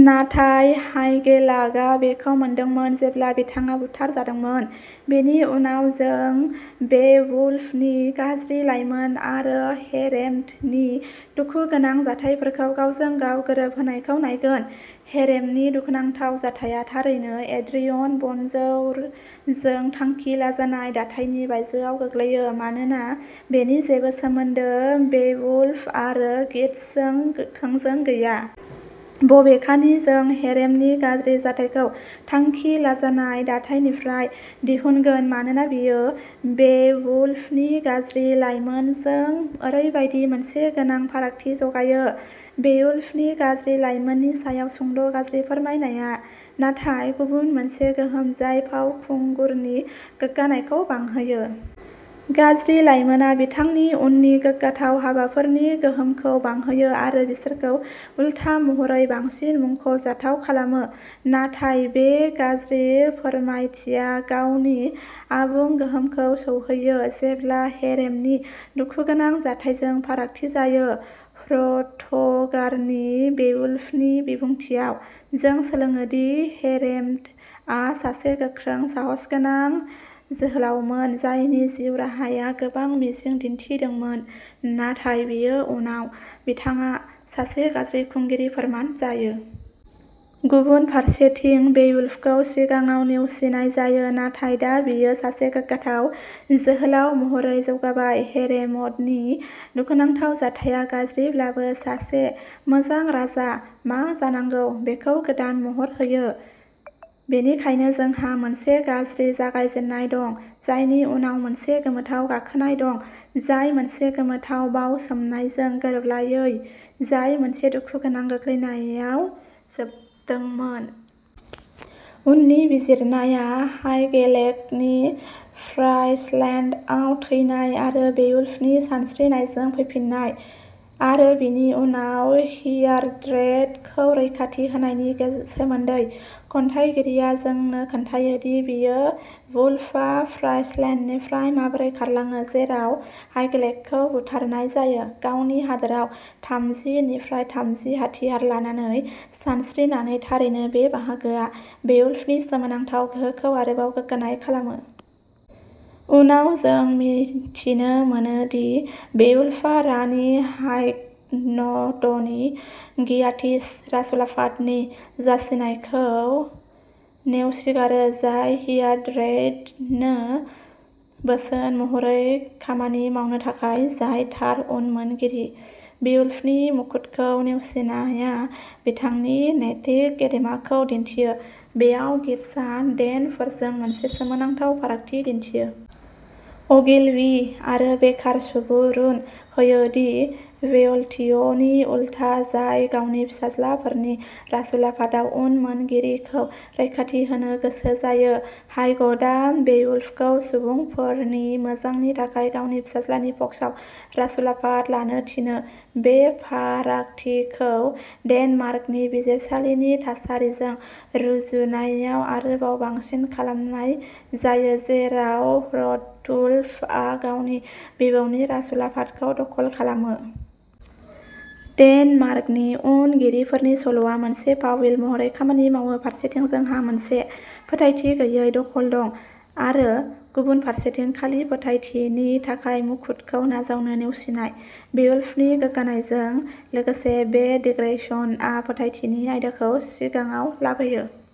नाथाय हाइगेलाकआ बेखौ मोनदोंमोन जेब्ला बिथाङा बुथारजादोंमोन। बेनि उनाव, जों बेवुल्फनि गाज्रि लाइमोन आरो हेरेमडनि दुखुगोनां जाथायफोरखौ गावजोंगाव गोरोब होनायखौ नायगोन। हेरेमडनि दुखुनांथाव जाथाया थारैनो एड्रियन बनजौरजों थांखि लाजानाय दाथायनि बायजोआव गोग्लैयो मानोना बेनि जेबो सोमोन्दो बेवुल्फ आरो गीट्सजों थोंजों गैया। बबेखानि, जों हेरेमडनि गाज्रि जाथायखौ थांखि लाजानाय दाथाइनिफ्राय दिहुनगोन मानोना बेयो बेवुल्फनि गाज्रि लाइमोनजों ओरैबायदि मोनसे गोनां फारागथि जगायो। बेवुल्फनि गाज्रि लाइमोननि सायाव सुंद' गाज्रि फोरमायनाया नाथाय गुबुन मोनसे गोहोम जाय फावखुंगुरनि गोग्गानायखौ बांहोयो। गाज्रि लाइमोनआ बिथांनि उननि गोग्गाथाव हाबाफोरनि गोहोमखौ बांहोयो आरो बिसोरखौ उल्था महरै बांसिन मुंख'जाथाव खालामो। नाथाय बे गाज्रि फोरमायथिया गावनि आबुं गोहोमखौ सौहैयो जेब्ला हेरेमडनि दुखुगोनां जाथायजों फारागथि जायो। ह्र'थगारनि बेवुल्फनो बिबुंथियाव, जों सोलोङो दि हेरेमडआ सासे गोख्रों, साहसगोनां जोहोलावमोन जायनि जिउ राहाया गोबां मिजिं दिन्थिदोंमोन, नाथाय बेयो उनाव बिथाङा सासे गाज्रि खुंगिरि फोरमान जायो। गुबुन फारसेथिं, बेवुल्फखौ सिगाङाव नेवसिनाय जायो, नाथाय दा बियो सासे गोग्गाथाव जोहोलाव महरै जौगाबाय। हेरेम'डनि दुखुनांथाव जाथाया, गाज्रिब्लाबो, सासे मोजां राजा मा जानांगौ बेखौ गोदान महर होयो। बेनिखायनो जोंहा मोनसे गाज्रि जागायजेन्नाय दं, जायनि उनाव मोनसे गोमोथाव गाखोनाय दं, जाय मोनसे गोमोथाव बावसोमनायजों गोरोबलायै, जाय मोनसे दुखु गोनां गोग्लैनायाव जोबदोंमोन। उननि बिजिरनाया हाइगेलेकनि फ्राइसलेन्डआव थैनाय आरो बेवुल्फनि सानस्रिनायजों फैफिन्नाय आरो बिनि उनाव हियार्ड्रेडखौ रैखाथि होनायनि सोमोन्दै खन्थायगिरिया जोंनो खोन्थायो दि बियो वुल्फआ फ्राइसलेन्डनिफ्राय माबोरै खारलाङो, जेराव हाइगेलेकखौ बुथारनाय जायो, गावनि हादोराव थामजिनिफ्राय थामजि हाथियार लानानै सानस्रिनानै थारैनो, बे बाहागोआ बेवुल्फनि सोमोनांथाव गोहोखौ आरोबाव गोग्गानाय खालामो। उनाव, जों मिथिनो मोनो दि बेवुल्फआ रानि हाइग्डनि गियाटिश राजउलाफादनि जासिनायखौ नेवसिगारो जाय हियार्ड्रेडनो बोसोन महरै खामानि मावनो थाखाय, जाय थार उनमोनगिरि। बेवुल्फनि मुकुटखौ नेवसिनाया बिथांनि नैतिक गेदेमाखौ दिन्थियो। बेयाव, गीट्सआ डेनफोरजों मोनसे सोमोनांथाव फारागथि दिन्थियो। अगिल्वी आरो बेकारआ सुबुरुन होयो दि वेलथिअ'नि उलथा, जाय गावनि फिसाज्लाफोरनि राजउलाफादाव उनमोनगिरिखौ रैखाथि होनो गोसो जायो, हाइगडआ बेवुल्फखौ सुबुंफोरनि मोजांनि थाखाय गावनि फिसाज्लानि पक्षआव राजउलाफाद लानो थिनो। बे फारागथिखौ डेनमार्कनि बिजिरसालिनि थासारिजों रुजुनायाव आरोबाव बांसिन खालामनाय जायो, जेराव ह्रथुल्फआ गावनि बिबौनि राजउलाफादखौ दखल खालामो। डेनमार्कनि उनमोनगिरिनि सल'आ मोनसे फाविल महरै खामानि मावो फारसेथिं जोंहा मोनसे फोथायथि गैयै दखल दं आरो गुबुन फारसेथिं, खालि फोथायथिनि थाखाय मुकुटखौ नाजावनो नेवसिनाय। बेवुल्फनि गोग्गानायजों लोगोसे, बे दिग्रेसनआ फोथायथिनि आयदाखौ सिगाङाव लाबोयो।